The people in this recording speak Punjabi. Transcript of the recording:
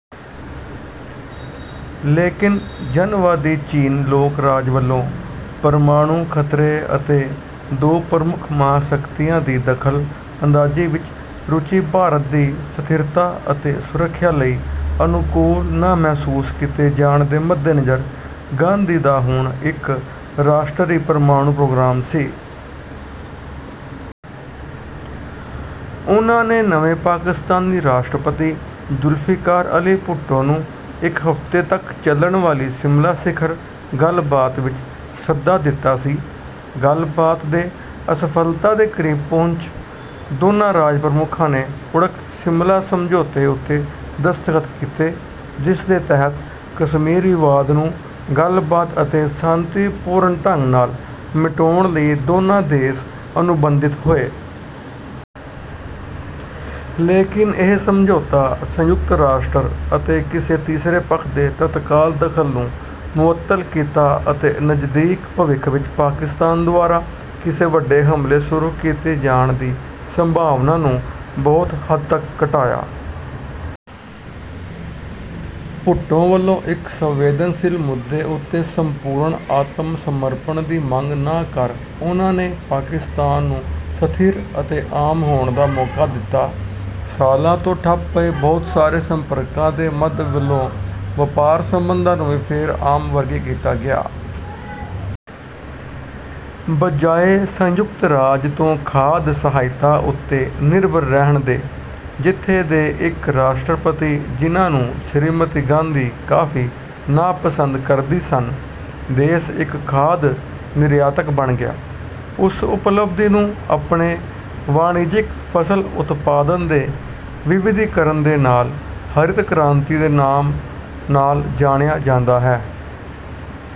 ਲੇਕਿਨ ਜਨਵਾਦੀ ਚੀਨ ਲੋਕ-ਰਾਜ ਵਲੋਂ ਪਰਮਾਣੁ ਖਤਰੇ ਅਤੇ ਦੋ ਪ੍ਰਮੁੱਖ ਮਹਾਸ਼ਕਤੀਆਂ ਦੀ ਦਖਲ ਅੰਦਾਜੀ ਵਿੱਚ ਰੁਚੀ ਭਾਰਤ ਦੀ ਸਥਿਰਤਾ ਅਤੇ ਸੁਰੱਖਿਆ ਲਈ ਅਨੁਕੂਲ ਨਾ ਮਹਿਸੂਸ ਕੀਤੇ ਜਾਣ ਦੇ ਮੱਦੇ ਨਜ਼ਰ, ਗਾਂਧੀ ਦਾ ਹੁਣ ਇੱਕ ਰਾਸ਼ਟਰੀ ਪਰਮਾਣੂ ਪ੍ਰੋਗਰਾਮ ਸੀ। ਉਨ੍ਹਾਂ ਨੇ ਨਵੇਂ ਪਾਕਿਸਤਾਨੀ ਰਾਸ਼ਟਰਪਤੀ ਜੁਲਫਿਕਾਰ ਅਲੀ ਭੁੱਟੋ ਨੂੰ ਇੱਕ ਹਫ਼ਤੇ ਤੱਕ ਚਲਣ ਵਾਲੀ ਸ਼ਿਮਲਾ ਸਿਖਰ ਗੱਲ ਬਾਤ ਵਿੱਚ ਸੱਦਾ ਦਿੱਤਾ ਸੀ। ਗੱਲ ਬਾਤ ਦੇ ਅਸਫਲਤਾ ਦੇ ਕਰੀਬ ਪਹੁੰਚ ਦੋਨਾਂ ਰਾਜ ਪ੍ਰਮੁੱਖ ਨੇ ਓੜਕ ਸ਼ਿਮਲਾ ਸਮਝੌਤੇ ਉੱਤੇ ਦਸਤਖ਼ਤ ਕੀਤੇ, ਜਿਸਦੇ ਤਹਿਤ ਕਸ਼ਮੀਰ ਵਿਵਾਦ ਨੂੰ ਗੱਲ ਬਾਤ ਅਤੇ ਸ਼ਾਂਤੀਪੂਰਨ ਢੰਗ ਨਾਲ ਮਿਟਾਉਣ ਲਈ ਦੋਨਾਂ ਦੇਸ਼ ਅਨੁਬੰਧਿਤ ਹੋਏ। ਲੇਕਿਨ ਇਹ ਸਮਝੌਤਾ ਸੰਯੁਕਤ ਰਾਸ਼ਟਰ ਅਤੇ ਕਿਸੇ ਤੀਸਰੇ ਪੱਖ ਦੇ ਤੱਤਕਾਲ ਦਖਲ ਨੂੰ ਮੁਅੱਤਲ ਕੀਤਾ ਅਤੇ ਨਜ਼ਦੀਕ ਭਵਿੱਖ ਵਿੱਚ ਪਾਕਿਸਤਾਨ ਦੁਆਰਾ ਕਿਸੇ ਵੱਡੇ ਹਮਲੇ ਸ਼ੁਰੂ ਕੀਤੇ ਜਾਣ ਦੀ ਸੰਭਾਵਨਾ ਨੂੰ ਬਹੁਤ ਹੱਦ ਤੱਕ ਘਟਾਇਆ। ਭੁੱਟੋ ਵਲੋਂ ਇੱਕ ਸੰਵੇਦਨਸ਼ੀਲ ਮੁੱਦੇ ਉੱਤੇ ਸੰਪੂਰਣ ਆਤਮ ਸਮਰਪਣ ਦੀ ਮੰਗ ਨਾ ਕਰ ਉਨ੍ਹਾਂ ਨੇ ਪਾਕਿਸਤਾਨ ਨੂੰ ਸਥਿਰ ਅਤੇ ਆਮ ਹੋਣ ਦਾ ਮੌਕਾ ਦਿੱਤਾ। ਸਾਲਾਂ ਤੋਂ ਠੱਪ ਪਏ ਬਹੁਤ ਸਾਰੇ ਸੰਪਰਕਾਂ ਦੇ ਮੱਧ ਵਲੋਂ ਵਪਾਰ ਸਬੰਧਾਂ ਨੂੰ ਵੀ ਫੇਰ ਆਮ ਵਰਗੇ ਕੀਤਾ ਗਿਆ। ਬਜਾਏ ਸੰਯੁਕਤ ਰਾਜ ਤੋਂ ਖਾਧ ਸਹਾਇਤਾ ਉੱਤੇ ਨਿਰਭਰ ਰਹਿਣ ਦੇ- ਜਿੱਥੇ ਦੇ ਇੱਕ ਰਾਸ਼ਟਰਪਤੀ ਜਿਨ੍ਹਾਂ ਨੂੰ ਸ਼੍ਰੀਮਤੀ ਗਾਂਧੀ ਕਾਫ਼ੀ ਨਾਪਸੰਦ ਕਰਦੀ ਸਨ, ਦੇਸ਼ ਇੱਕ ਖਾਧ ਨਿਰਿਆਤਕ ਬਣ ਗਿਆ। ਉਸ ਉਪਲਬਧੀ ਨੂੰ ਆਪਣੇ ਵਾਣਿਜਿਕ ਫਸਲ ਉਤਪਾਦਨ ਦੇ ਵਿਵਿਧੀਕਰਨ ਦੇ ਨਾਲ ਹਰਿਤ ਕ੍ਰਾਂਤੀ ਦੇ ਨਾਮ ਨਾਲ ਜਾਣਿਆ ਜਾਂਦਾ ਹੈ।